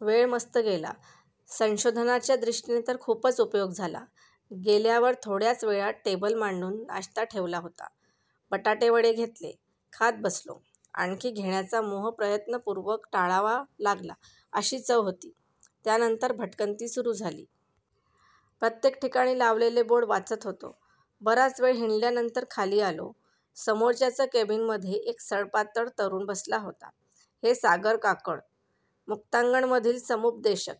वेळ मस्त गेला. संशोधनाच्या दृष्टीने तर खूपच उपयोग झाला. गेल्यावर थोड्याच वेळात टेबल मांडून नाश्ता ठेवला होता. बटाटेवडे घेतले. खात बसलो. आणखी घेण्याचा मोह प्रयत्नपूर्वक टाळावा लागला अशी चव होती. त्यानंतर भटकंती सुरू झाली. प्रत्येक ठिकाणी लावलेले बोर्ड वाचत होतो. बराच वेळ हिंडल्यानंतर खाली आलो. समोरच्याच केबिनमध्ये एक सडपातळ तरुण बसला होता. हे सागर काकड. मुक्तांगणमधील समुपदेशक.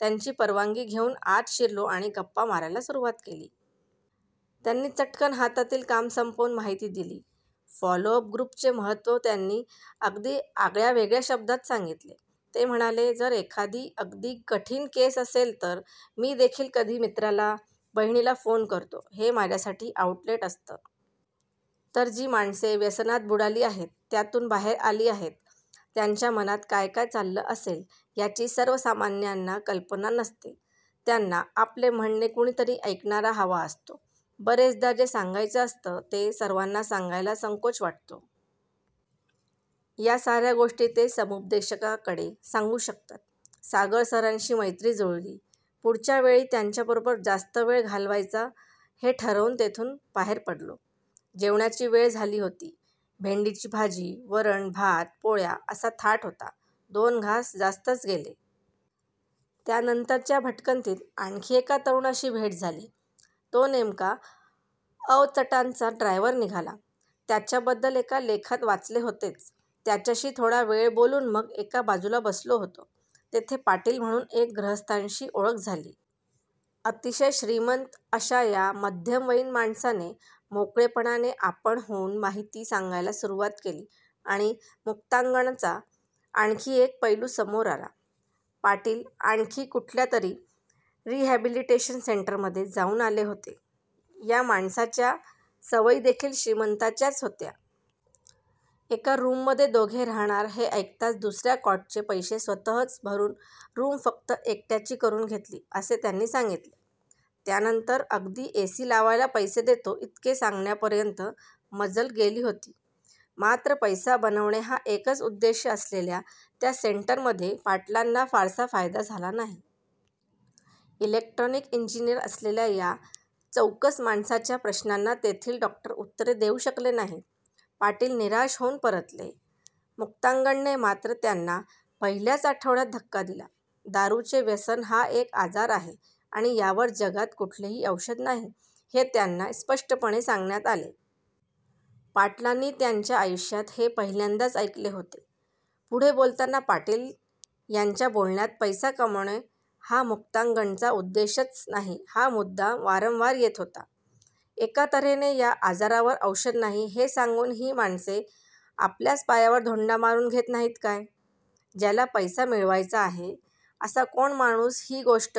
त्यांची परवानगी घेऊन आत शिरलो आणि गप्पा मारायला सुरुवात केली. त्यांनी चटकन हातातील काम संपवून माहिती दिली. फॉलोअप ग्रुपचे महत्त्व त्यांनी अगदी आगळ्यावेगळ्या शब्दांत सांगितले. ते म्हणाले जर एखादी अगदी कठीण केस असेल तर मीदेखील कधी मित्राला, बहिणीला फोन करतो. हे माझ्यासाठी आउटलेट असतं. तर जी माणसे व्यसनात बुडाली आहेत, त्यातून बाहेर आली आहेत, त्यांच्या मनात काय काय चाललं असेल याची सर्वसामान्यांना कल्पना नसते. त्यांना आपले म्हणणे कुणीतरी ऐकणारा हवा असतो. बरेचदा जे सांगायचं असतं ते सर्वांना सांगायला संकोच वाटतो. या साऱ्या गोष्टी ते समुपदेशकाकडे सांगू शकतात. सागरसरांशी मैत्री जुळली. पुढच्यावेळी त्यांच्याबरोबर जास्त वेळ घालवायचा हे ठरवून तेथून बाहेर पडलो. जेवण्याची वेळ झाली होती. भेंडीची भाजी, वरण, भात, पोळ्या असा थाट होता. दोन घास जास्तच गेले. त्यानंतरच्या भटकंतीत आणखी एका तरुणाशी भेट झाली. तो नेमका अवचटांचा ड्रायव्हर निघाला. त्याच्याबद्दल एका लेखात वाचले होतेच. त्याच्याशी थोडा वेळ बोलून मग एका बाजूला बसलो होतो. तेथे पाटील म्हणून एक गृहस्थांशी ओळख झाली. अतिशय श्रीमंत अशा या मध्यमवयीन माणसाने मोकळेपणाने आपण होऊन माहिती सांगायला सुरुवात केली आणि मुक्तांगणचा आणखी एक पैलू समोर आला. पाटील आणखी कुठल्यातरी रिहॅबिलिटेशन सेंटरमध्ये जाऊन आले होते. या माणसाच्या सवयीदेखील श्रीमंतांच्याच होत्या. एका रूममध्ये दोघे राहणार हे ऐकताच दुसऱ्या कॉटचे पैसे स्वतःच भरून रूम फक्त एकट्याची करून घेतली असे त्यांनी सांगितले. त्यानंतर अगदी एसी लावायला पैसे देतो इतके सांगण्यापर्यंत मजल गेली होती. मात्र पैसा बनवणे हा एकच उद्देश असलेल्या त्या सेंटरमध्ये पाटलांना फारसा फायदा झाला नाही. इलेक्ट्रॉनिक इंजिनिअर असलेल्या या चौकस माणसाच्या प्रश्नांना तेथील डॉक्टर उत्तरे देऊ शकले नाहीत. पाटील निराश होऊन परतले. मुक्तांगणने मात्र त्यांना पहिल्याच आठवड्यात धक्का दिला. दारूचे व्यसन हा एक आजार आहे आणि यावर जगात कुठलेही औषध नाही हे त्यांना स्पष्टपणे सांगण्यात आले. पाटलांनी त्यांच्या आयुष्यात हे पहिल्यांदाच ऐकले होते. पुढे बोलताना पाटील यांच्या बोलण्यात पैसा कमवणे हा मुक्तांगणचा उद्देशच नाही हा मुद्दा वारंवार येत होता. एका तऱ्हेने या आजारावर औषध नाही हे सांगून ही माणसे आपल्याच पायावर धोंडा मारून घेत नाहीत काय? ज्याला पैसा मिळवायचा आहे असा कोण माणूस ही गोष्ट